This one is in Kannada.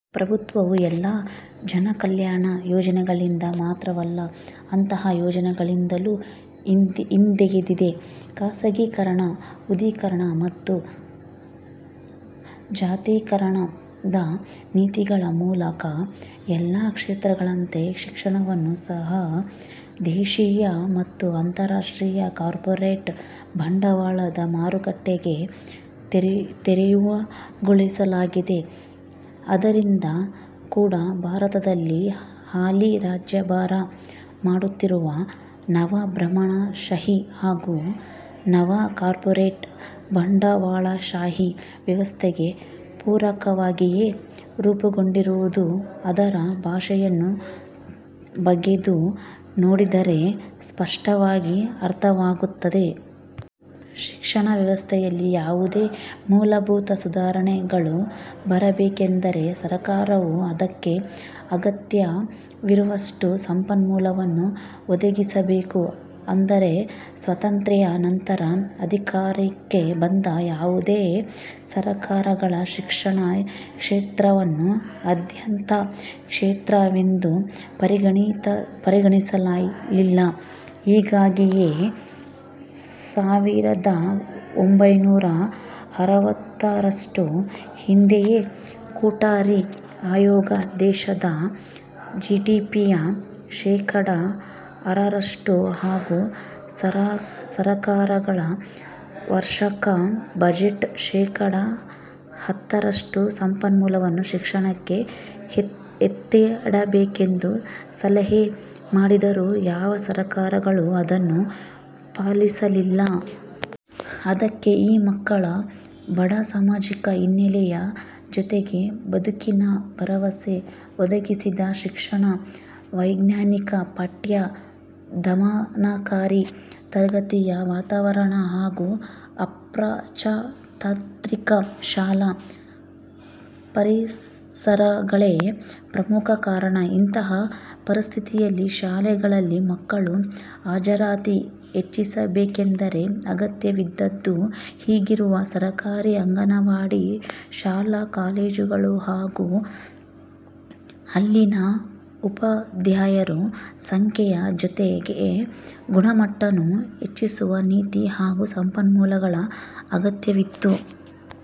ಪ್ರಭುತ್ವವು ಎಲ್ಲಾ ಜನಕಲ್ಯಾಣ ಯೋಜನೆಗಳಿಂದ ಮಾತ್ರವಲ್ಲ ಅಂತಹ ಯೋಚನೆಗಳಿಂದಲೂ ಹಿಂದೆಗೆದಿದೆ. ಖಾಸಗೀಕರಣ ಉದಾರೀಕರಣ ಮತ್ತು ಜಾಗತೀಕರಣದ ನೀತಿಗಳ ಮೂಲಕ ಎಲ್ಲಾ ಕ್ಷೇತ್ರಗಳಂತೆ ಶಿಕ್ಷಣವನ್ನೂ ಸಹ ದೇಶೀಯ ಮತ್ತು ಅಂತರ್ರಾಷ್ಟ್ರೀಯ ಕಾರ್ಪೊರೇಟ್ ಬಂಡವಾಳದ ಮಾರುಕಟ್ಟೆಗೆ ತೆರೆವುಗೊಳಿಸಲಾಗಿದೆ. ಆದ್ದರಿಂದ ಕೂಡಾ ಭಾರತದಲ್ಲಿ ಹಾಲಿ ರಾಜ್ಯಭಾರ ಮಾಡುತ್ತಿರುವ ನವಬ್ರಾಹ್ಮಣಶಾಹಿ ಹಾಗೂ ನವಕಾರ್ಪೊರೇಟ್ ಬಂಡವಾಳಶಾಹಿ ವ್ಯವಸ್ಥೆಗೆ ಪೂರಕವಾಗಿಯೇ ರೂಪುಗೊಂಡಿರುವುದು ಅದರ ಭಾಷೆಯನ್ನು ಬಗೆದು ನೋಡಿದರೆ ಸ್ಪಷ್ಟವಾಗಿ ಅರ್ಥವಾಗುತ್ತದೆ. ಶಿಕ್ಷಣ ವ್ಯವಸ್ಥೆಯಲ್ಲಿ ಯಾವುದೇ ಮೂಲಭೂತ ಸುಧಾರಣೆಗಳು ಬರಬೇಕೆಂದರೆ ಸರಕಾರವು ಅದಕ್ಕೆ ಅಗತ್ಯವಿರುವಷ್ಟು ಸಂಪನ್ಮೂಲವನ್ನು ಒದಗಿಸಬೇಕು. ಆದರೆ ಸ್ವಾತಂತ್ರ್ಯಾ ನಂತರ ಅಧಿಕಾರಕ್ಕೆ ಬಂದ ಯಾವುದೇ ಸರಕಾರಗಳು ಶಿಕ್ಷಣ ಕ್ಷೇತ್ರವನ್ನು ಆದ್ಯತಾ ಕ್ಷೇತ್ರವೆಂದು ಪರಿಗಣಿಸಲಿಲ್ಲ. ಹೀಗಾಗಿಯೇ ಸಾವಿರದ ಒಂಭೈನೂರ ಅರವತ್ತಾರರಷ್ಟು ಹಿಂದೆಯೇ ಕೊಠಾರಿ ಆಯೋಗ ದೇಶದ ಜಿಡಿಪಿಯ ಶೇಕಡಾ ಆರರಷ್ಟು ಹಾಗೂ ಸರಕಾರಗಳ ವಾರ್ಷಿಕ ಬಜೆಟ್ನ ಶೇಕಡಾ ಹತ್ತರಷ್ಟು ಸಂಪನ್ಮೂಲವನ್ನು ಶಿಕ್ಷಣಕ್ಕೆ ಎತ್ತಿಡಬೇಕೆಂದು ಸಲಹೆ ಮಾಡಿದ್ದರೂ ಯಾವ ಸರಕಾರಗಳೂ ಅದನ್ನು ಪಾಲಿಸಲಿಲ್ಲ. ಅದಕ್ಕೆ ಈ ಮಕ್ಕಳ ಬಡ ಸಾಮಾಜಿಕ ಹಿನ್ನೆಲೆಯ ಜೊತೆಗೆ ಬದುಕಿನ ಭರವಸೆ ಒದಗಿಸದ ಶಿಕ್ಷಣ, ಅವೈಜ್ಞಾನಿಕ ಪಠ್ಯ, ದಮನಕಾರಿ ತರಗತಿಯ ವಾತಾವರಣ ಹಾಗೂ ಅಪ್ರಜಾತಾಂತ್ರಿಕ ಶಾಲಾ ಪರಿಸರಗಳೇ ಪ್ರಮುಖ ಕಾರಣ. ಇಂತಹ ಪರಿಸ್ಥಿತಿಯಲ್ಲಿ ಶಾಲೆಗಳಲ್ಲಿ ಮಕ್ಕಳ ಹಾಜರಾತಿ ಹೆಚ್ಚಿಸಬೇಕೆಂದರೆ ಅಗತ್ಯವಿದ್ದದ್ದು ಈಗಿರುವ ಸರಕಾರಿ ಅಂಗನವಾಡಿ ಶಾಲಾ- ಕಾಲೇಜುಗಳ ಹಾಗೂ ಅಲ್ಲಿನ ಉಪಾಧ್ಯಾಯರ ಸಂಖ್ಯೆಯ ಜೊತೆಗೆ ಗುಣಮಟ್ಟವನ್ನೂ ಹೆಚ್ಚಿಸುವ ನೀತಿ ಹಾಗೂ ಸಂಪನ್ಮೂಲಗಳ ಅಗತ್ಯವಿತ್ತು.